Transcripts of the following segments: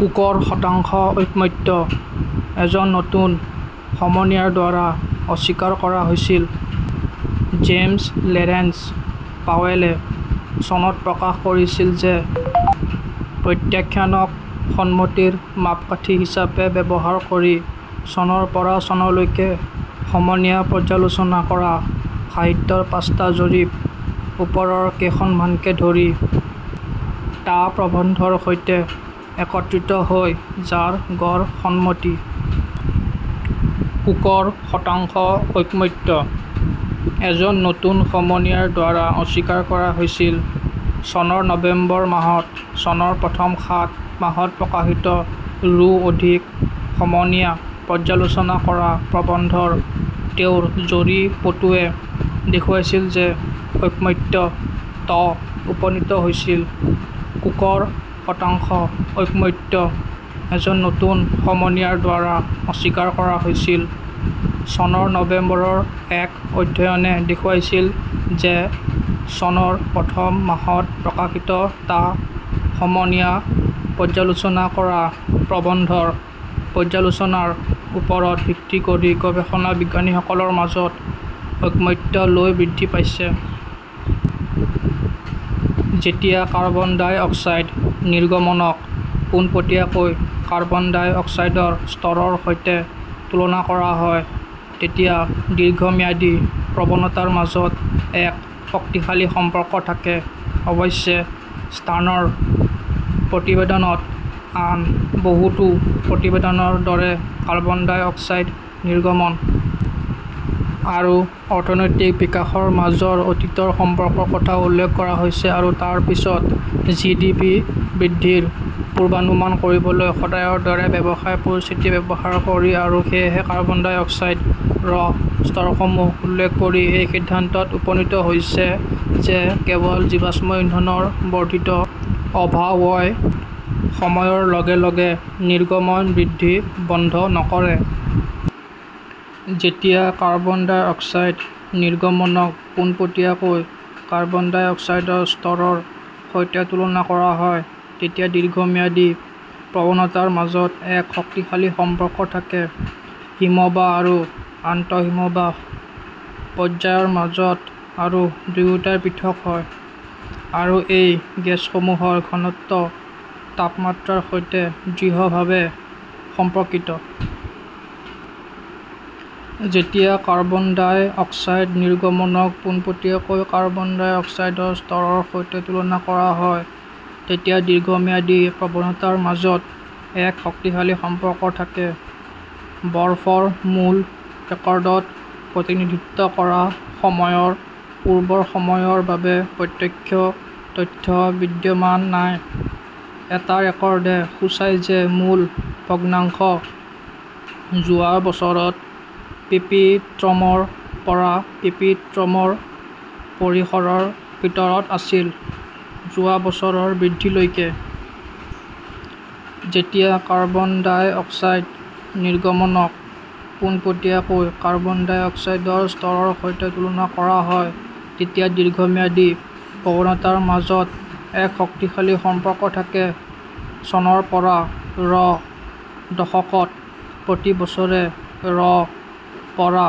কুকৰ ' শতাংশ ঐকমত্য' এজন নতুন সমনীয়াৰ দ্বাৰা অস্বীকাৰ কৰা হৈছিল জেমছ লৰেন্স পাৱেলে চনত প্ৰকাশ কৰিছিল যে প্ৰত্যাখ্যানক সন্মতিৰ মাপকাঠি হিচাপে ব্যৱহাৰ কৰি, চনৰ পৰা চনলৈকে সমনীয়া-পৰ্যালোচনা কৰা সাহিত্যৰ পাঁচটা জৰীপ, ওপৰৰ কেইখনমানকে ধৰি, টা প্ৰবন্ধৰ সৈতে একত্ৰিত হয় যাৰ গড় সন্মতি। কুকৰ ' শতাংশ ঐকমত্য' এজন নতুন সমনীয়াৰ দ্বাৰা অস্বীকাৰ কৰা হৈছিল চনৰ নৱেম্বৰ মাহত, চনৰ প্ৰথম সাত মাহত প্ৰকাশিত, ৰো অধিক সমনীয়া-পৰ্যালোচনা কৰা প্ৰবন্ধৰ তেওঁৰ জৰীপটোৱে দেখুৱাইছিল যে ঐকমত্য ত উপনীত হৈছিল। কুকৰ ' শতাংশ ঐকমত্য' এজন নতুন সমনীয়াৰ দ্বাৰা অস্বীকাৰ কৰা হৈছিল চনৰ নৱেম্বৰৰ এক অধ্যয়নে দেখুৱাইছিল যে চনৰ প্ৰথম মাহত প্ৰকাশিত টা সমনীয়া-পৰ্যালোচনা কৰা প্ৰবন্ধৰ পৰ্যালোচনাৰ ওপৰত ভিত্তি কৰি গৱেষণা বিজ্ঞানীসকলৰ মাজত ঐকমত্য লৈ বৃদ্ধি পাইছে। যেতিয়া কাৰ্বন ডাই অক্সাইড নিৰ্গমনক পোনপটীয়াকৈ কাৰ্বন ডাই অক্সাইডৰ স্তৰৰ সৈতে তুলনা কৰা হয়, তেতিয়া দীৰ্ঘম্যাদী প্ৰৱণতাৰ মাজত এক শক্তিশালী সম্পৰ্ক থাকে। অৱশ্যে, ষ্টাৰ্ণৰ প্ৰতিবেদনত, আন বহুতো প্ৰতিবেদনৰ দৰে, কাৰ্বন ডাই অক্সাইড নিৰ্গমন আৰু অৰ্থনৈতিক বিকাশৰ মাজৰ অতীতৰ সম্পৰ্কৰ কথা উল্লেখ কৰা হৈছে আৰু তাৰ পিছত জিডিপি বৃদ্ধিৰ পূৰ্বানুমান কৰিবলৈ "সদায়ৰ দৰে ব্যৱসায়" পৰিস্থিতি ব্যৱহাৰ কৰি আৰু সেয়েহে কাৰ্বন ডাই অক্সাইড -ৰ স্তৰসমূহ উল্লেখ কৰি এই সিদ্ধান্তত উপনীত হৈছে যেঃ কেৱল জীৱাশ্ম ইন্ধনৰ বৰ্ধিত অভাৱই সময়ৰ লগে লগে নিৰ্গমন বৃদ্ধি বন্ধ নকৰে। যেতিয়া কাৰ্বন ডাই অক্সাইড নিৰ্গমনক পোনপটীয়াকৈ কাৰ্বন ডাই অক্সাইডৰ স্তৰৰ সৈতে তুলনা কৰা হয়, তেতিয়া দীৰ্ঘম্যাদী প্ৰৱণতাৰ মাজত এক শক্তিশালী সম্পৰ্ক থাকে। হিমবাহ আৰু আন্তঃ হিমবাহ পৰ্যায়ৰ মাজত আৰু দুয়োটাই পৃথক হয়, আৰু এই গেছসমূহৰ ঘনত্ব তাপমাত্ৰাৰ সৈতে দৃঢ়ভাৱে সম্পৰ্কিত। যেতিয়া কাৰ্বন ডাই অক্সাইড নিৰ্গমনক পোনপটীয়াকৈ কাৰ্বন ডাই অক্সাইডৰ স্তৰৰ সৈতে তুলনা কৰা হয়, তেতিয়া দীৰ্ঘম্যাদী প্ৰৱণতাৰ মাজত এক শক্তিশালী সম্পৰ্ক থাকে। বৰফৰ মূল ৰেকৰ্ডত প্ৰতিনিধিত্ব কৰা সময়ৰ পূৰ্বৰ সময়ৰ বাবে প্ৰত্যক্ষ তথ্য বিদ্যমান নাই, এটা ৰেকৰ্ডে সূচায় যে মোল ভগ্নাংশ যোৱা বছৰত পিপিএমৰ পৰা পিপিএমৰ পৰিসৰৰ ভিতৰত আছিল, যোৱা বছৰৰ বৃদ্ধিলৈকে। যেতিয়া কাৰ্বন ডাই অক্সাইড নিৰ্গমনক পোনপটীয়াকৈ কাৰ্বন ডাই অক্সাইডৰ স্তৰৰ সৈতে তুলনা কৰা হয়, তেতিয়া দীৰ্ঘম্যাদী প্ৰৱণতাৰ মাজত এক শক্তিশালী সম্পৰ্ক থাকে। চনৰ পৰা -ৰ দশকত প্ৰতি বছৰে ৰ পৰা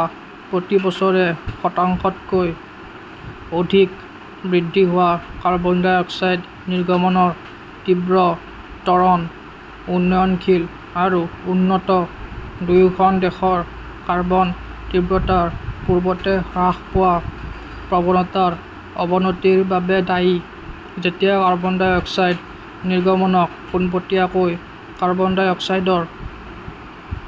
প্ৰতি বছৰে শতাংশতকৈ অধিক বৃদ্ধি হোৱা কাৰ্বন ডাই অক্সাইড নিৰ্গমনৰ তীব্ৰ ত্বৰণ উন্নয়নশীল আৰু উন্নত দুয়োখন দেশৰ কাৰ্বনৰ তীব্ৰতাৰ পূৰ্বতে হ্ৰাস পোৱা প্ৰৱণতাৰ অৱনতিৰ বাবে দায়ী। যেতিয়া কাৰ্বন ডাই অক্সাইড নিৰ্গমনক পোনপটীয়াকৈ কাৰ্বন ডাই অক্সাইডৰ